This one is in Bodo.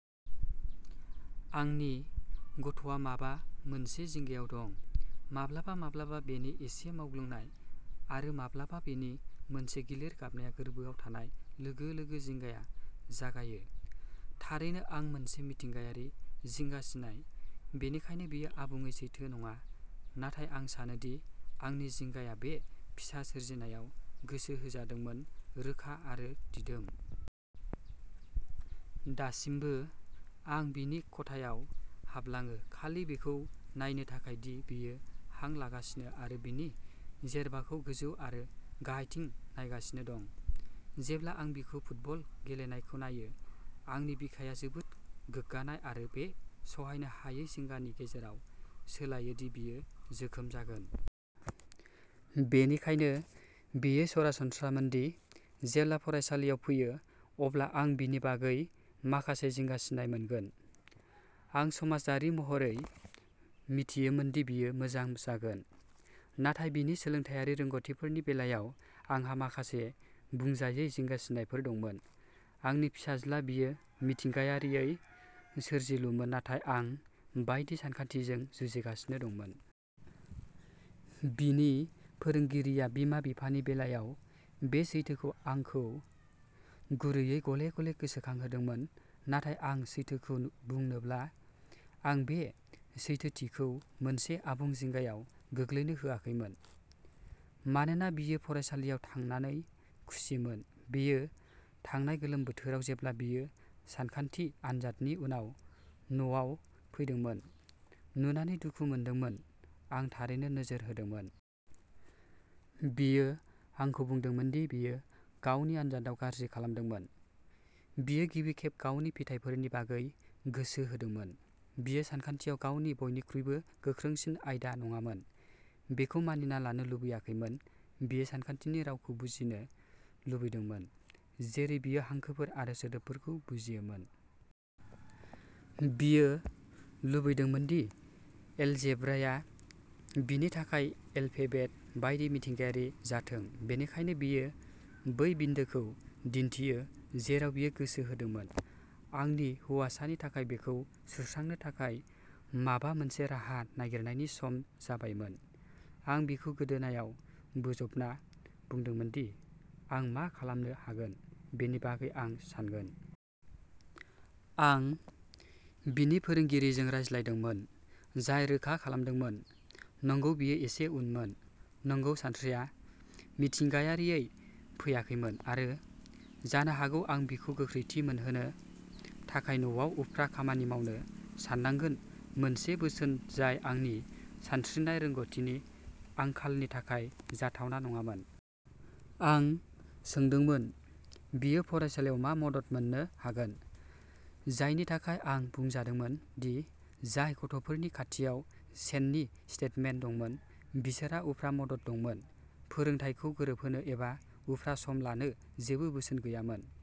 आंनि गथ'आ माबा मोनसे जिंगायाव दं। माब्लाबा माब्लाबा बेनि एसे मावग्लुंनाय आरो माब्लाबा बेनि मोनसे गिलिर गाबनाया गोरबोआव थानाय लोगो लोगो जिंगाया जागायो थारैनो आं मोनसे मिथिंगायारि जिंगासिनाय, बेनिखायनो बेयो आबुङै सैथो नङा नाथाय आं सानोदि आंनि जिंगाया बे फिसा सोरजिनायाव गोसो होजादोंमोन रोखा आरो दिदोम। दासिमबो आं बिनि खथायाव हाबलाङो खालि बेखौ नायनो थाखाय दि बियो हां लागासिनो आरो बिनि जेरबाखौ गोजौ आरो गाहायथिं नायगासिनो दं। जेब्ला आं बिखौ फुटबल गेलेनायखौ नायो, आंनि बिखाया जोबोद गोग्गानाय आरो बे सहायनो हायै जिंगानि गेजेराव सोलायो दि बियो जोखोम जागोन। बेनिखायनो बेयो सरासनस्रामोन दि जेब्ला फरायसालियाव फैयो, अब्ला आं बिनि बागै माखासे जिंगासिनाय मोनगोन। आं समाजारि महरै मिथियोमोनदि बियो मोजां जागोन नाथाय बिनि सोलोंथायारि रोंग'थिफोरनि बेलायाव आंहा माखासे बुंजायै जिंगासिनायफोर दंमोन। आंनि फिसाज्ला बियो मिथिंगायारियै सोरजिलुमोन नाथाय आं बायदि सानखान्थिजों जुजिगासिनो दंमोन। बिनि फोरोंगिरिआ बिमा-बिफानि बेलाआव बे सैथोखौ आंखौ गुरैयै गले-गले गोसोखांहोदोंमोन, नाथाय आं सैथोखौ बुंनोब्ला आं बे सैथोथिखौ मोनसे आबुं जिंगायाव गोग्लैनो होआखैमोन मानोना बियो फरायसालियाव थांनानै खुसिमोन। बेयो थांनाय गोलोम बोथोराव जेब्ला बियो सानखान्थि आनजादनि उनाव न'आव फैदोंमोन, नुनानै दुखु मोनदोंमोन, आं थारैनो नोजोर होदोंमोन। बियो आंखौ बुंदोंमोन दि बियो गावनि आनजादआव गाज्रि खालामदोंमोन। बियो गिबि खेब गावनि फिथायफोरनि बागै गोसो होदोंमोन। बियो सानखान्थियाव गावनि बयनिख्रुइबो गोख्रोंसिन आयदा नङामोन बेखौ मानिना लानो लुबैयाखैमोन। बियो सानखान्थिनि रावखौ बुजिनो लुबैदोंमोन जेरै बियो हांखोफोर आरो सोदोबफोरखौ बुजियोमोन। बियो लुबैदोंमोन दि एलजेब्राआ बिनि थाखाय एलफेबेट बायदि मिथिंगायारि जाथों बेनिखायनो बेयो बै बिन्दोखौ दिन्थियो जेराव बियो गोसो होदोंमोन। आंनि हौवासानि थाखाय बेखौ सुस्रांनो थाखाय माबा मोनसे राहा नागिरनायनि सम जाबायमोन। आं बिखौ गोदोनायाव बोजबना बुंदोंमोन दि आं मा खालामनो हागोन बेनि बागै आं सानगोन। आं बिनि फोरोंगिरिजों रायज्लायदोंमोन, जाय रोखा खालामदोंमोन, नंगौ बियो एसे उनमोन, नंगौ सानस्रिया मिथिंगायारियै फैयाखैमोन आरो जानो हागौ आं बिखौ गोख्रैथि मोनहोनो थाखाय न'आव उफ्रा खामानि मावनो साननांगोन मोनसे बोसोन जाय आंनि सानस्रिनाय रोंग'थिनि आंखालनि थाखाय जाथावना नङामोन। आं सोंदोंमोन बियो फरायसालियाव मा मदद मोननो हागोन, जायनि थाखाय आं बुंजादोंमोन दि जाय गथ'फोरनि खाथियाव सेननि स्टेटमेन्ट दंमोन बिसोरहा उफ्रा मदद दंमोन। फोरोंथायखौ गोरोबहोनो एबा उफ्रा सम लानो जेबो बोसोन गैयामोन।